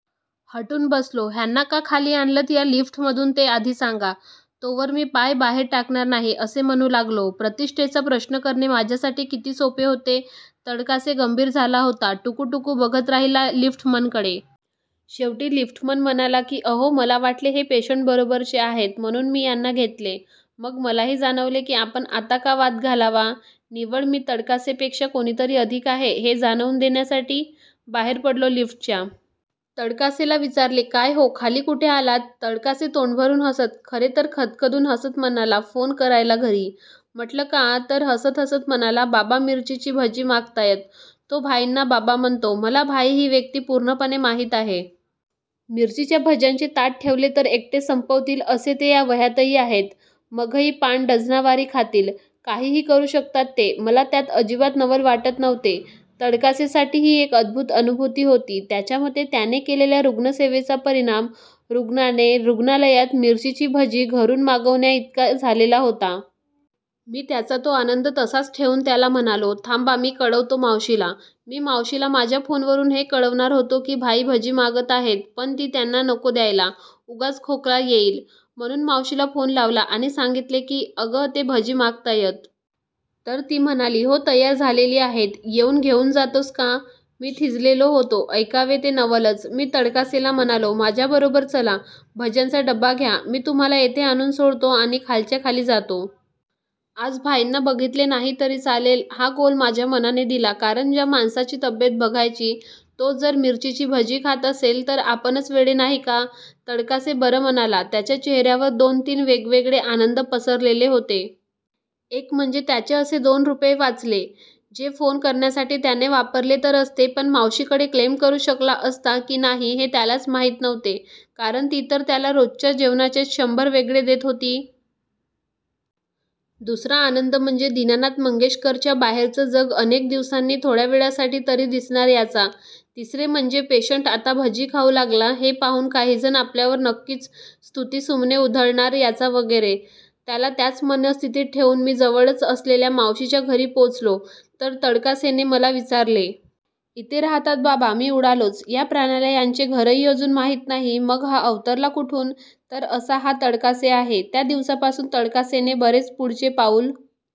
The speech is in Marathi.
हटून बसलो. ह्यांना का खाली आणलंत या लिफ्टमधून ते आधी सांगा, तोवर मी पाय बाहेर टाकणार नाही असे म्हणू लागलो. प्रतिष्ठेचा प्रश्न करणे माझ्यासाठी किती सोपे होते. तडकासे गंभीर झाला होता. टुकूटुकू बघत राहिला लिफ्टमनकडे. शेवटी लिफ्टमन म्हणाला की अहो मला वाटले हे पेशंटबरोबरचे आहेत म्हणून मी यांना घेतले. मग मलाही जाणवले की आपण आत्ता का वाद घालावा? निव्वळ मी तडकासेपेक्षा कोणीतरी अधिक आहे हे जाणवून देण्यासाठी? बाहेर पडलो लिफ्टच्या. तडकासेला विचारले. काय हो? खाली कुठे आलात? तडकासे तोंडभरून हसत, खरे तर खदखदून हसत म्हणाला फोन करायला घरी. म्हंटलं का? तर हसत हसत म्हणाला बाबा मिरचीची भजी मागतायत. तो भाईंना बाबा म्हणतो. मला भाई ही व्यक्ती पूर्णपणे माहीत आहे. मिरचीच्या भज्यांचे ताट ठेवले तर एकटे संपवतील असे ते या वयातही आहेत. मघई पान डझनावारी खातील. काहीही करू शकतात ते. मला त्यात अजिबात नवल वाटत नव्हते. तडकासेसाठी ही एक अद्भुत अनुभूती होती. त्याच्यामते त्याने केलेल्या रुग्णसेवेचा परिणाम रुग्णाने रुग्णालयात मिरचीची भजी घरून मागवण्याइतका झालेला होता. मी त्याचा तो आनंद तसाच ठेवून त्याला म्हणालो थांबा मी कळवतो मावशीला! मी मावशीला माझ्या फोनवरून हे कळवणार होतो की भाई भजी मागत आहेत पण ती त्यांना नको द्यायला, उगाच खोकला येईल. म्हणून मावशीला फोन लावला आणि सांगितले की अगं ते भजी मागतायत. तर ती म्हणाली हो तयार झालेली आहेत, येऊन घेऊन जातोस का? मी थिजलेलो होतो. ऐकावे ते नवलच! मी तडकासेला म्हणालो, माझ्याबरोबर चला, भज्यांचा डबा घ्या, मी तुम्हाला येथे आणून सोडतो आणि खालच्याखाली जातो. आज भाईंना बघितले नाही तरी चालेल हा कौल माझ्या मनाने दिला कारण ज्या माणसाची तब्येत बघायची तो जर मिरचीची भजी खात असेल तर आपणच वेडे नाही का? तडकासे बरं म्हणाला. त्याच्या चेहऱ्यावर दोन तीन वेगवेगळे आनंद पसरलेले होते. एक म्हणजे त्याचे असे दोन रुपये वाचले, जे फोन करण्यासाठी त्याने वापरले तर असते, पण मावशीकडे क्लेम करू शकला असता की नाही हे त्यालाच माहीत नव्हते कारण ती तर त्याला रोजच्या जेवणाचेच शंभर वेगळे देत होती. दुसरा आनंद म्हणजे दीनानाथ मंगेशकरच्या बाहेरचे जग अनेक दिवसांनी थोड्यावेळासाठी तरी दिसणार याचा! तिसरे म्हणजे पेशंट आता भजी खाऊ लागला हे पाहून काहीजण आपल्यावर नक्कीच स्तुतीसुमने उधळणार याचा वगैरे! त्याला त्याच मनस्थितीत ठेवून मी जवळच असलेल्या मावशीच्या घरी पोचलो तर तडकासेने मला विचारले. इथे राहतात बाबा? मी उडालोच. या प्राण्याला यांचे घरही अजून माहीत नाही? मग हा अवतरला कुठून? तर असा हा तडकासे आहे. त्या दिवसापासून तडकासेने बरेच पुढचे पाऊल